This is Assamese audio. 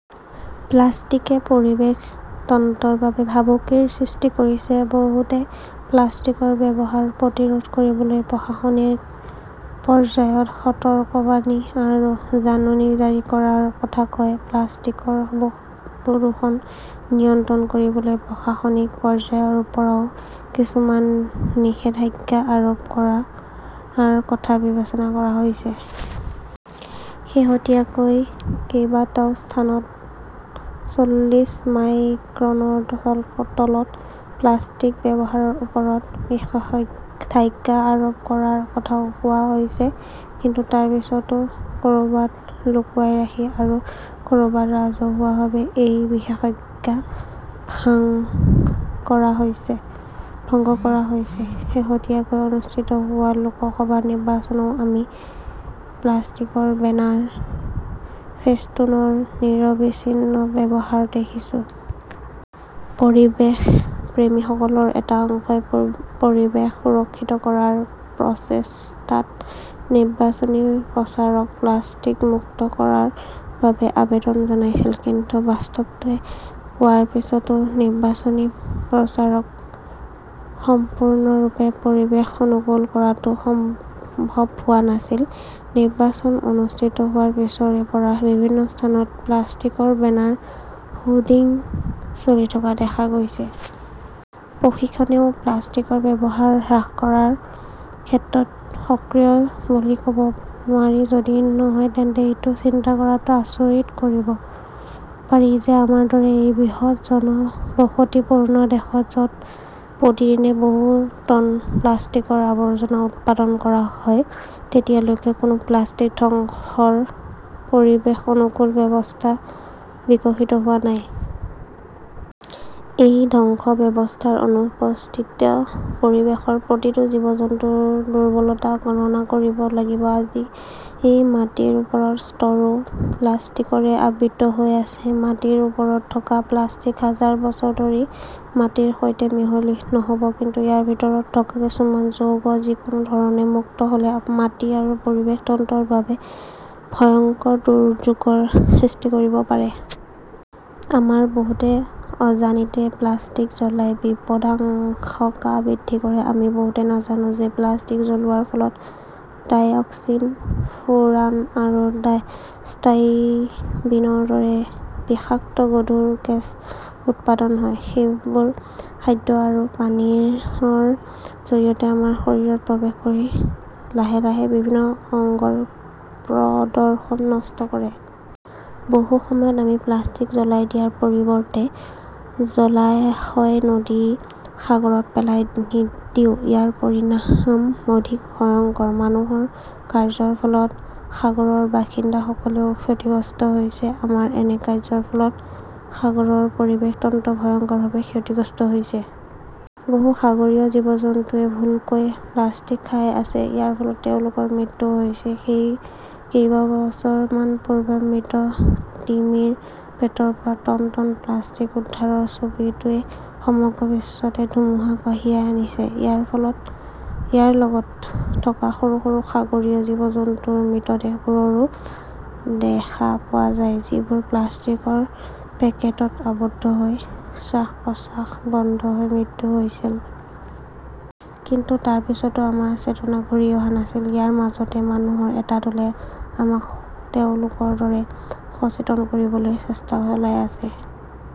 প্লাষ্টিকে পৰিৱেশ তন্ত্ৰৰ বাবে ভাবুকিৰ সৃষ্টি কৰিছে। বহুতে প্লাষ্টিকৰ ব্যৱহাৰ প্ৰতিৰোধ কৰিবলৈ প্ৰশাসনিক পৰ্যায়ত সতৰ্কবাণী আৰু জাননী জাৰি কৰাৰ কথা কয়। প্লাষ্টিকৰ প্ৰদূষণ নিয়ন্ত্ৰণ কৰিবলৈ প্ৰশাসনিক পৰ্যায়ৰ পৰাও কিছুমান নিষেধাজ্ঞা আৰোপ কৰাৰ কথা বিবেচনা কৰা হৈছে। শেহতীয়াকৈ কেইবাটাও স্থানত চল্লিশ মাইক্ৰনৰ তলত প্লাষ্টিক ব্যৱহাৰৰ ওপৰত নিষেধাজ্ঞা আৰোপ কৰাৰ কথাও কোৱা হৈছে। কিন্তু তাৰ পিছতো ক'ৰবাত লুকুৱাই ৰাখি আৰু ক'ৰবাত ৰাজহুৱাভাৱে এই নিষেধাজ্ঞা ভংগ কৰা হৈছে। শেহতীয়াকৈ অনুষ্ঠিত হোৱা লোকসভা নিৰ্বাচনতও আমি প্লাষ্টিকৰ বেনাৰ ফেষ্টুনৰ নিৰবিচ্ছিন্ন ব্যৱহাৰ দেখিছো। পৰিৱেশ প্ৰেমীসকলৰ এটা অংশই পৰিৱেশ সুৰক্ষিত কৰাৰ প্ৰচেষ্টাত নিৰ্বাচনী প্ৰচাৰক 'প্লাষ্টিক মুক্ত "কৰাৰ বাবে আবেদন জনাইছিল। কিন্তু বাস্তৱটোৱে কোৱাৰ পিছতো নিৰ্বাচনী প্ৰচাৰক সম্পূৰ্ণৰূপে 'পৰিৱেশ অনুকূল' কৰাটো সম্ভৱ হোৱা নাছিল। নিৰ্বাচন অনুষ্ঠিত হোৱাৰ পিছৰে পৰা বিভিন্ন স্থানত প্লাষ্টিকৰ বেনাৰ হোৰ্ডিং চলি থকা দেখা গৈছে। প্ৰশাসনেও প্লাষ্টিকৰ ব্যৱহাৰ হ্ৰাস কৰাৰ ক্ষেত্ৰত সক্ৰিয় বুলি ক'ব নোৱাৰি। যদি নহয়, তেন্তে এইটো চিন্তা কৰাটো আচৰিত কৰিব পাৰি যে আমাৰ দৰে এক বৃহৎ জনবসতিপূৰ্ণ দেশত, য 'ত প্ৰতিদিনে বহু টন প্লাষ্টিকৰ আৱৰ্জনা উৎপাদন কৰা হয়, এতিয়ালৈকে কোনো প্লাষ্টিক ধ্বংসৰ পৰিৱেশ-অনুকূল ব্যৱস্থা বিকশিত হোৱা নাই। এই ধ্বংস ব্যৱস্থাৰ অনুপস্থিতিত পৰিৱেশৰ প্ৰতিটো জীৱ-জন্তুৰ দুৰ্বলতা গণনা কৰিব লাগিব। আজি মাটিৰ ওপৰৰ স্তৰটো প্লাষ্টিকৰে আবৃত হৈ আছে। মাটিৰ ওপৰত থকা প্লাষ্টিক হাজাৰ বছৰ ধৰি মাটিৰ সৈতে মিহলি নহ'ব। কিন্তু ইয়াৰ ভিতৰত থকা কিছুমান যৌগ যিকোনো ধৰণে মুক্ত হ'লে মাটি আৰু পৰিৱেশ তন্ত্ৰৰ বাবে ভয়ংকৰ দুৰ্যোগৰ সৃষ্টি কৰিব পাৰে। আমাৰ বহুতে অজানিতে প্লাষ্টিক জ্বলাই বিপদাশংকা বৃদ্ধি কৰে। আমি বহুতে নাজানো যে প্লাষ্টিক জ্বলোৱাৰ ফলত ডাইঅক্সিন, ফুৰান আৰু ষ্টাইৰিনৰ দৰে বিষাক্ত গধুৰ গেছ উৎপন্ন হয়। সেইবোৰে খাদ্য আৰু পানীয়ৰ জৰিয়তে আমাৰ শৰীৰত প্ৰৱেশ কৰি লাহে লাহে বিভিন্ন অংগৰ প্ৰদৰ্শন নষ্ট কৰে। বহু সময়ত আমি প্লাষ্টিক জ্বলাই দিয়াৰ পৰিৱৰ্তে জলাশয়, নদী, সাগৰত পেলাই দিওঁ। ইয়াৰ পৰিণাম অধিক ভয়ংকৰ। মানুহৰ কাৰ্যৰ ফলত সাগৰৰ বাসিন্দাসকলেও ক্ষতিগ্ৰস্ত হৈছে। আমাৰ এনে কাৰ্য্যৰ ফলত সাগৰৰ পৰিৱেশ তন্ত্ৰ ভয়ংকৰভাৱে ক্ষতিগ্ৰস্ত হৈছে। বহুতো সাগৰীয় জীৱ-জন্তুৱে ভুলকৈ প্লাষ্টিক খাই আছে। ইয়াৰ ফলত তেওঁলোকৰ মৃত্যুও হৈছে। কেইবছৰমান পূৰ্বে মৃত তিমিৰ পেটৰ পৰা টন টন প্লাষ্টিক উদ্ধাৰৰ ছবিটোৱে সমগ্ৰ বিশ্বতে ধুমুহা কঢ়িয়াই আনিছে। ইয়াৰ লগত থকা সৰু সৰু সাগৰীয় জীৱ-জন্তুৰ মৃতদেহবোৰো দেখা পোৱা যায় যিবোৰ প্লাষ্টিকৰ পেকেটত আবদ্ধ হৈ শ্বাস-প্ৰশ্বাস বন্ধ হৈ মৃত্যু হৈছিল। কিন্তু তাৰ পিছতো আমাৰ চেতনা ঘূৰি অহা নাছিল। ইয়াৰ মাজতে মানুহৰ এটা দলে আমাক তেওঁলোকৰ দৰে সচেতন কৰিবলৈ চেষ্টা চলাই আছে।